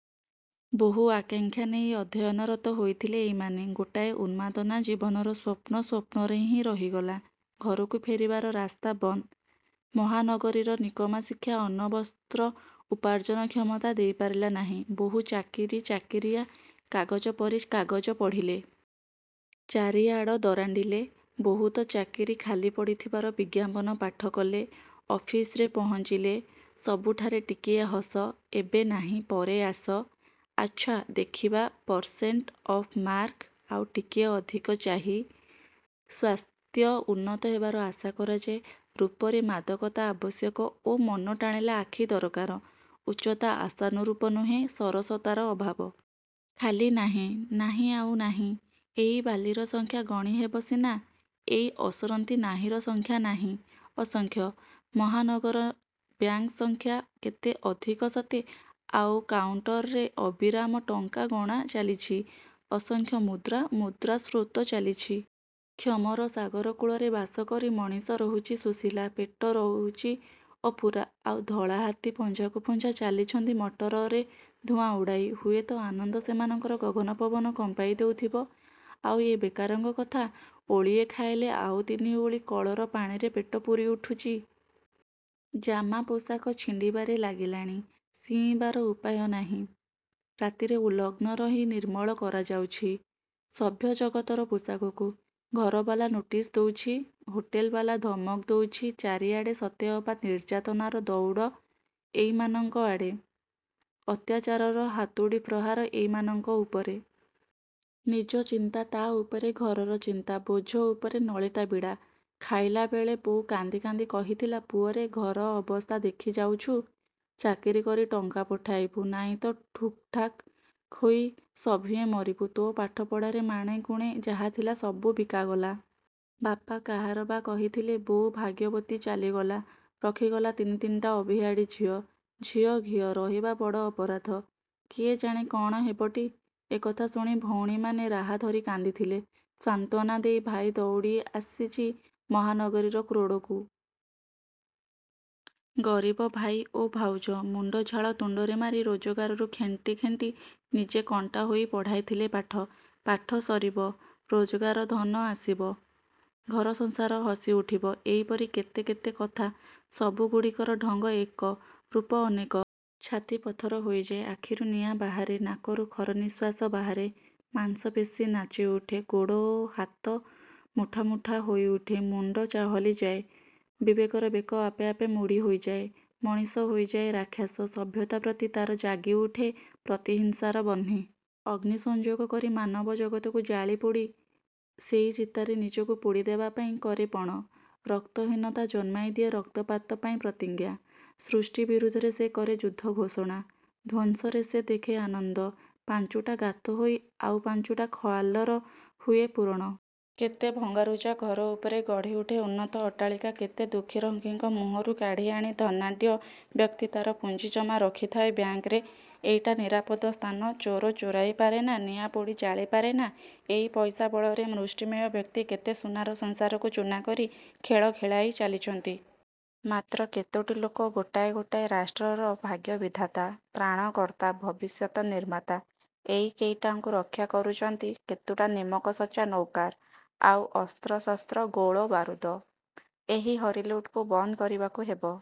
ବହୁ ଆକାଙ୍କ୍ଷା ନେଇ ଅଧ୍ୟୟନରତ ହୋଇଥିଲେ ଏଇମାନେ। ଗୋଟାଏ ଉନ୍ମାଦନା, ଜୀବନର ସ୍ୱପ୍ନ ସ୍ୱପ୍ନରେ ହିଁ ରହିଗଲା। ଘରକୁ ଫେରିବାର ରାସ୍ତା ବନ୍ଦ। ମହାନଗରୀର ନିକମା ଶିକ୍ଷା ଅନ୍ନ ବସ୍ତ୍ର ଉପାର୍ଜନ କ୍ଷମତା ଦେଇ ପାରିଲା ନାହିଁ। ବହୁ ଚାକିରୀ ଓ ଚାକିରୀଆ, କାଗଜ ପରେ କାଗଜ ପଢ଼ିଲେ। ଚାରିଆଡ଼ ଦରାଣ୍ତିଲେ। ବହୁତ ଚାକିରୀ ଖାଲି ପଡ଼ିଥିବାର ବିଜ୍ଞାପନ ପାଠ କଲେ। ଅଫିସରେ ପହଞ୍ଚିଲେ। ସବୁଠାରେ ଟିକିଏ ହସ, ଏବେ ନାହିଁ, ପରେ ଆସ, ଆଛା ଦେଖିବା, ପରସେଣ୍ଟ ଅଫ ମାର୍କ ଆଉ ଟିକିଏ ଅଧିକ ଚାହି, ସ୍ୱାସ୍ଥ୍ୟ ଉନ୍ନତ ହେବାର ଆଶା କରାଯାଏ, ରୂପରେ ମାଦକତା ଆବଶ୍ୟକ ଓ ମନ ଟାଣିଲା ଆଖି ଦରକାର, ଉଚ୍ଚତା ଆଶାନୁରୂପ ନୁହେଁ, ସରସତାର ଅଭାବ। ଖାଲି ନାହିଁ, ନାହିଁ ଆଉ ନାହିଁ। ଏଇ ବାଲିର ସଂଖ୍ୟା ଗଣି ହେବ ସିନା, ଏଇ ଅସରନ୍ତି ନାହିଁର ସଂଖ୍ୟା ନାହିଁ ଅସଂଖ୍ୟ। ମହାନଗର ବ୍ୟାଙ୍କ ସଂଖ୍ୟା, କେତେ ଅଧିକ ସତେ! ଆଉ କାଉଣ୍ଟରରେ ଅବିରାମ ଟଙ୍କା ଗଣା ଚାଲିଚି। ଅସଂଖ୍ୟ ମୁଦ୍ରା, ମୁଦ୍ରା ସ୍ରୋତ ଚାଲିଚି। କ୍ଷମର ସାଗର କୂଳରେ ବାସ କରି ମଣିଷ ରହୁଚି ଶୋଷିଲା। ପେଟ ରହୁଚି ଅପୂରା। ଆଉ ଧଳା ହାତୀ ପଞ୍ଝାକୁ ପଞ୍ଝା ଚାଲିଚନ୍ତି ମଟରରେ ଧୁଆଁ ଉଡ଼ାଇ। ହୁଏତ ଆନନ୍ଦ ସେମାନଙ୍କର ଗଗନ ପବନ କମ୍ପାଇ ଦେଉଥିବ। ଆଉ ଏ ବେକାରଙ୍କ କଥା! ଓଳିଏ ଖାଇଲେ ଆଉ ତିନି ଓଳି କଳର ପାଣିରେ ପେଟ ପୂରି ଉଠୁଚି। ଜାମା, ପୋଷାକ ଛିଣ୍ତିବାରେ ଲାଗିଲାଣି। ଶିଇଁବାର ଉପାୟ ନାହିଁ। ରାତିରେ ଉଲଗ୍ନ ରହି ନିର୍ମଳ କରାଯାଉଅଛି। ସଭ୍ୟ ଜଗତର ପୋଷାକକୁ। ଘରବାଲା ନୋଟିସ୍ ଦଉଚି। ହୋଟେଲବାଲା ଧମକ ଦଉଚି। ଚାରିଆଡ଼େ ସେତେ ଅବା ନିର୍ଯାତନାର ଧଉଡ଼ ଏଇମାନଙ୍କ ଆଡ଼େ। ଅତ୍ୟାଚାରରର ହାତୁଡ଼ି ପ୍ରହାର ଏଇମାନଙ୍କ ଉପରେ। ନିଜ ଚିନ୍ତା, ତା ଉପରେ ଘରର ଚିନ୍ତା, ବୋଝ ଉପରେ ନଳିତା ବିଡ଼ା। ଖାଇଲାବେଳେ ବୋଉ କାନ୍ଦି କାନ୍ଦି କହିଥିଲା—ପୁଅରେ, ଘର ଅବସ୍ଥା ଦେଖିଯାଉଚୁ। ଚାକିରୀ କରି ଟଙ୍କା ପଠାଇବୁ, ନାଇଁ ତ ଠୁକ୍ ଠାକ୍ ହୋଇ ସଭିଏଁ ମରିବୁ। ତୋ ପାଠପଢ଼ାରେ ମାଣେ କୁଣେ ଯାହା ଥିଲା, ସବୁ ବିକାଗଲା। ବାପା କାହାର ବା କହିଥିଲେ, 'ବୋଉ ଭାଗ୍ୟବତୀ ଚାଲିଗଲା। ରଖିଗଲା ତିନି ତିନିଟା ଅଭିଆଡ଼ୀ ଝିଅ। 'ଝିଅ ଘିଅ' ରହିବା ବଡ଼ ଅପରାଧ, କିଏ ଜାଣେ କ'ଣ ହେବଟି। ' ଏକଥା ଶୁଣି ଭଉଣୀଟିମାନ ରାହା ଧରି କାନ୍ଦିଥିଲେ। ସାନ୍ତ୍ୱନା ଦେଇ ଭାଇ ଧଉଡ଼ି ଆସିଚି ମହାନଗରୀର କ୍ରୋଡ଼କୁ। ଗରିବ ଭାଇ ଓ ଭାଉଜ। ମୁଣ୍ଡ ଝାଳ ତୁଣ୍ତରେ ମାରି ରୋଜଗାରରୁ ଖେଣ୍ଟି ଖେଣ୍ଟି ନିଜେ କଣ୍ଟା ହୋଇ ପଢ଼ାଇଥିଲେ ପାଠ। ପାଠ ସରିବ। ରୋଜଗାର ଧନ ଆସିବ। ଘର ସଂସାର ହସିଉଠିବ। ଏଇପରି କେତେ କେତେ କଥା। ସବୁ ଗୁଡ଼ିକର ଢଙ୍ଗ ଏକ, ରୂପ ଅନେକ। ଛାତି ପଥର ହୋଇଯାଏ। ଆଖିରୁ ନିଆଁ ବାହାରେ। ନାକରୁ ଖରନିଶ୍ୱାସ ବାହାରେ। ମାଂସପେଶୀ ନାଚିଉଠେ। ଗୋଡ଼ ଓ ହାତ ମୁଠା ମୁଠା ହୋଇଉଠେ। ମୁଣ୍ତ ଚହଲିଯାଏ। ବିବେକର ବେକ ଆପେ ଆପେ ମୋଡ଼ି ହୋଇଯାଏ। ମଣିଷ ହୋଇଯାଏ ରାକ୍ଷସ। ସଭ୍ୟତା ପ୍ରତି ତାର ଜାଗିଉଠେ ପ୍ରତିହିଂସାର ବହ୍ନି। ଅଗ୍ନି ସଂଯୋଗ କରି ମାନବ ଜଗତକୁ ଜାଳି ପୋଡ଼ି ସେଇ ଚିତାରେ ନିଜକୁ ପୋଡ଼ି ଦେବାପାଇଁ କରେ ପଣ। ରକ୍ତହୀନତା ଜନ୍ମାଇଦିଏ ରକ୍ତପାତ ପାଇଁ ପ୍ରତିଜ୍ଞା। ସୃଷ୍ଟି ବିରୁଦ୍ଧରେ ସେ କରେ ଯୁଦ୍ଧ ଘୋଷଣା, ଧ୍ୱଂସରେ ସେ ଦେଖେ ଆନନ୍ଦ। ପାଞ୍ଚୁଟା ଗାତ ହୋଇ ଆଉ ପାଞ୍ଚୁଟା ଖାଲର ହୁଏ ପୂରଣ। କେତେ ଭଙ୍ଗାରୁଜା ଘର ଉପରେ ଗଢ଼ିଉଠେ ଉନ୍ନତ ଅଟ୍ଟାଳିକା। କେତେ ଦୁଃଖୀ ରଙ୍କିଙ୍କ ମୁହଁରୁ କାଢ଼ି ଆଣି ଧନାଢ଼୍ୟ ବ୍ୟକ୍ତି ତାର ପୁଞ୍ଜି ଜମା ରଖିଥାଏ ବ୍ୟାଙ୍କରେ, ଏଇଟା ନିରାପଦ ସ୍ଥାନ। ଚୋର ଚୋରାଇ ପାରେନା। ନିଆଁ ପୋଡ଼ି ଜାଳି ପାରେନା। ଏଇ ପଇସା ବଳରେ ମୁଷ୍ଟିମେୟ ବ୍ୟକ୍ତି କେତେ ସୁନାର ସଂସାରକୁ ଚୂନା କରି ଖେଳ ଖେଳାଇ ଚାଲିଚନ୍ତି। ମାତ୍ର କେତୋଟି ଲୋକ ଗୋଟାଏ ଗୋଟାଏ ରାଷ୍ଟ୍ରର ଭାଗ୍ୟ ବିଧାତା, ତ୍ରାଣକର୍ତ୍ତା, ଭବିଷ୍ୟତ ନିର୍ମାତା। ଏଇ କେଇଟାଙ୍କୁ ରକ୍ଷା କରୁଚନ୍ତି କେତୁଟା ନିମକସଚ୍ଚା ନୌକାର ଆଉ ଅସ୍ତ୍ର, ଶସ୍ତ୍ର ଗୋଳ ବାରୁଦ। ଏ ହରିଲୁଟକୁ ବନ୍ଦ କରିବାକୁ ହେବ।